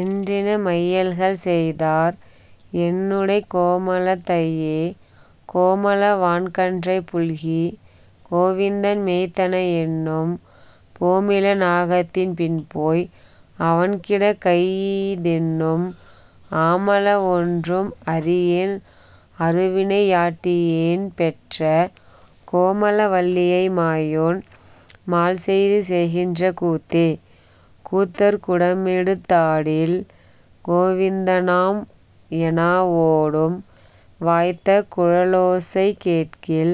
என்றின மையல்கள் செய்தார் என்னுடைக் கோமளத் தையே.. கோமள வான்கன்றைப் புல்கிக் கோவிந்தன் மேய்த்தன என்னும், போமிள நாகத்தின் பின்போய் அவன்கிடக் கையீ தென்னும், ஆமள வொன்றும் அறியேன் அருவினை யாட்டியேன் பெற்ற, கோமள வல்லியை மாயோன் மால்செய்து செய்கின்ற கூத்தே.. கூத்தர் குடமெடுத் தாடில் கோவிந்த னாம் எனா ஓடும், வாய்த்த குழலோசை கேட்கில்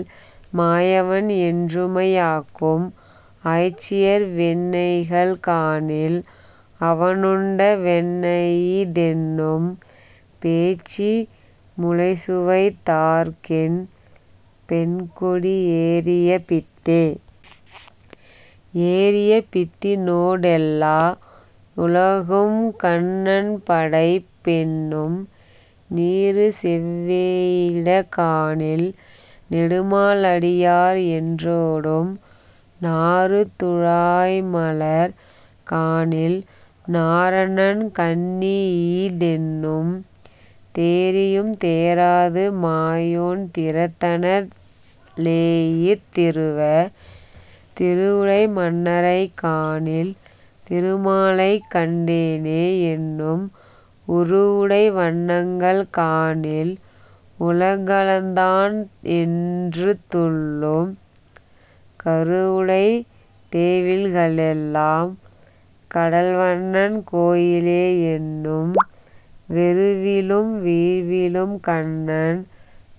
மாயவன் என்றுமை யாக்கும், ஆய்ச்சியர் வெண்ணெய்கள் காணில் அவனுண்ட வெண்ணெயீ தென்னும், பேய்ச்சி முலைசுவைத் தாற்கென் பெண்கொடி யேறிய பித்தே.. ஏறிய பித்தினோ டெல்லா வுலகும்கண் ணன்படைப் பென்னும் நீறுசெவ் வேயிடக் காணில் நெடுமால் அடியார் என் றோடும், நாறு துழாய்மலர் காணில் நாரணன் கண்ணியீ தென்னும், தேறியும் தேறாது மாயோன் திறத்தன ளேயித் திருவே.. திருவுடை மன்னரைக் காணில் திருமாலைக் கண்டேனே என்னும், உருவுடை வண்ணங்கள் காணில் உலகளந் தான் என்று துள்ளும், கருவுடைத் தேவில்க ளெல்லாம் கடல்வண்ணன் கோயிலே என்னும் வெருவிலும் வீழ்விலும் கண்ணன்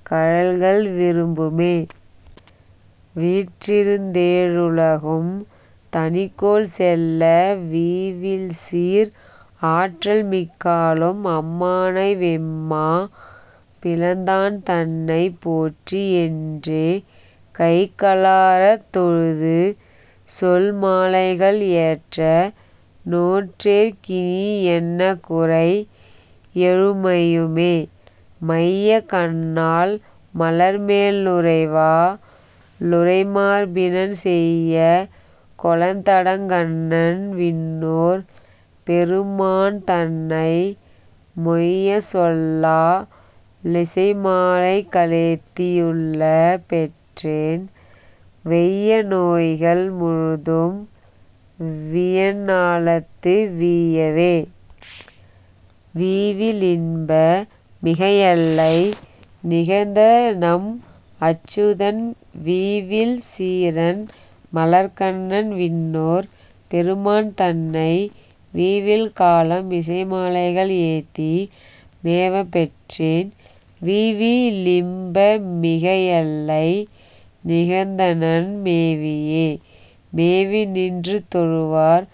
கழல்கள் விரும்புமே.. வீற்றிருந் தேழுலகும் தனிக்கோல் செல்ல, வீவில்சீர், ஆற்றல்மிக் காளும் அம்மானைவெம்மா பிளந்தான்தன்னை, போற்றி யென்றே கைகளாரத் தொழுது சொல்மாலைகள், ஏற்ற நோற்றேற் கினியென்னகுறை யெழுமையுமே?. மைய கண்ணாள் மலர்மேலுறைவா ளுறைமார்பினன், செய்ய கொலத் தடங்கண்ணன் விண்ணோர் பெருமான்தன்னை மொய்ய சொல்லா லிசைமாலைகளேத்தி யுள்ளப் பெற்றேன், வெய்ய நோய்கள் முழுதும் வியன்ஞாலத்து வீயவே.. வீவி லின்ப மிகஎல்லை நிகழ்ந்தநம் அச்சுதன், வீவில் சீரன் மலர்க்கண்ணன் விண்ணோர் பெருமான்தன்னை, வீவில் காலம் இசைமாலைகள் ஏத்தி மேவப்பெற்றேன், வீவி லின்பமிக எல்லை நிகழ்ந்தனன் மேவியே.. மேவி நின்று தொழுவார்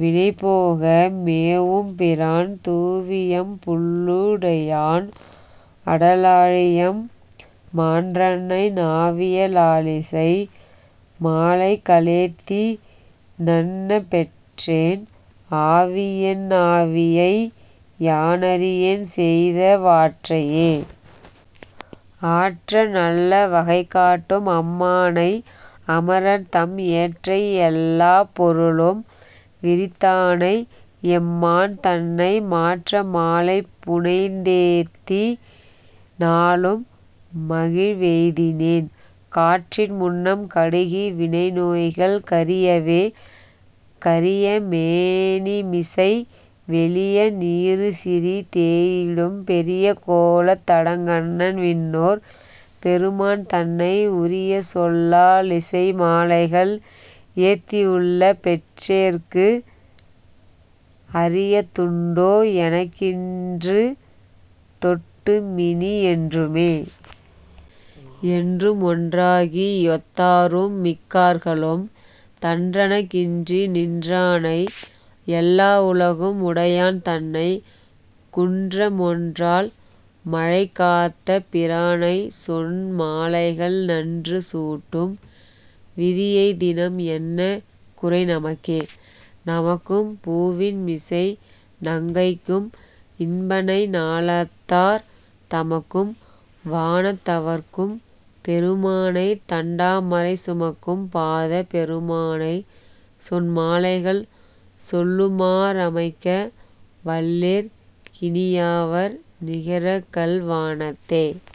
வினைபோக மேவும்பிரான், தூவியம் புள்ளு டையான் அடலாழியம் மான்றன்னை, நாவிய லாலிசை மாலைக ளேத்திநண் ணப்பெற்றேன், ஆவியென் னாவியை யானறியேன்செய்த வாற்றையே.. ஆற்ற நல்ல வகைகாட்டும் அம்மானை, அமரர்தம் ஏற்றை யெல்லாப் பொருளும் விரித்தானை எம்மான்தன்னை, மாற்ற மாலை புனைந்தேத்தி நாளும் மகிழ்வெய்தினேன், காற்றின் முன்னம் கடுகி வினைநோய்கள் கரியவே.. கரிய மேனிமிசை வெளிய நீறுசிறி தேயிடும், பெரிய கோலத் தடங்கண்ணன் விண்ணோர் பெருமான்தன்னை, உரிய சொல்லா லிசைமாலைகள் ஏத்தியுள்ளப் பெற்றேற்கு, அரிய துண்டோ எனக்கின்று தொட்டுமினி யென்றுமே?. என்றும் ஒன்றாகி யொத்தாரும்மிக்கார்களும், தன்றனக் கின்றி நின்றானை யெல்லாவுலகும் உடையான் தன்னை, குன்ற மொன்றால் மழைகாத்தபிரானைச்சொன் மாலைகள், நன்று சூட்டும் விதியெய்தினம் என்ன குறைநமக்கே?. நமக்கும் பூவின்மிசை நங்கைக்கும் இன்பனை, ஞாலத்தார் தமக்கும் வானத் தவர்க்கும் பெருமானை, தண்டாமரை சுமக்கும் பாதப் பெருமானைச் சொன்மாலைகள், சொல்லுமா றமைக்க வல்லேற் கினியாவர் நிகரகல் வானத்தே?.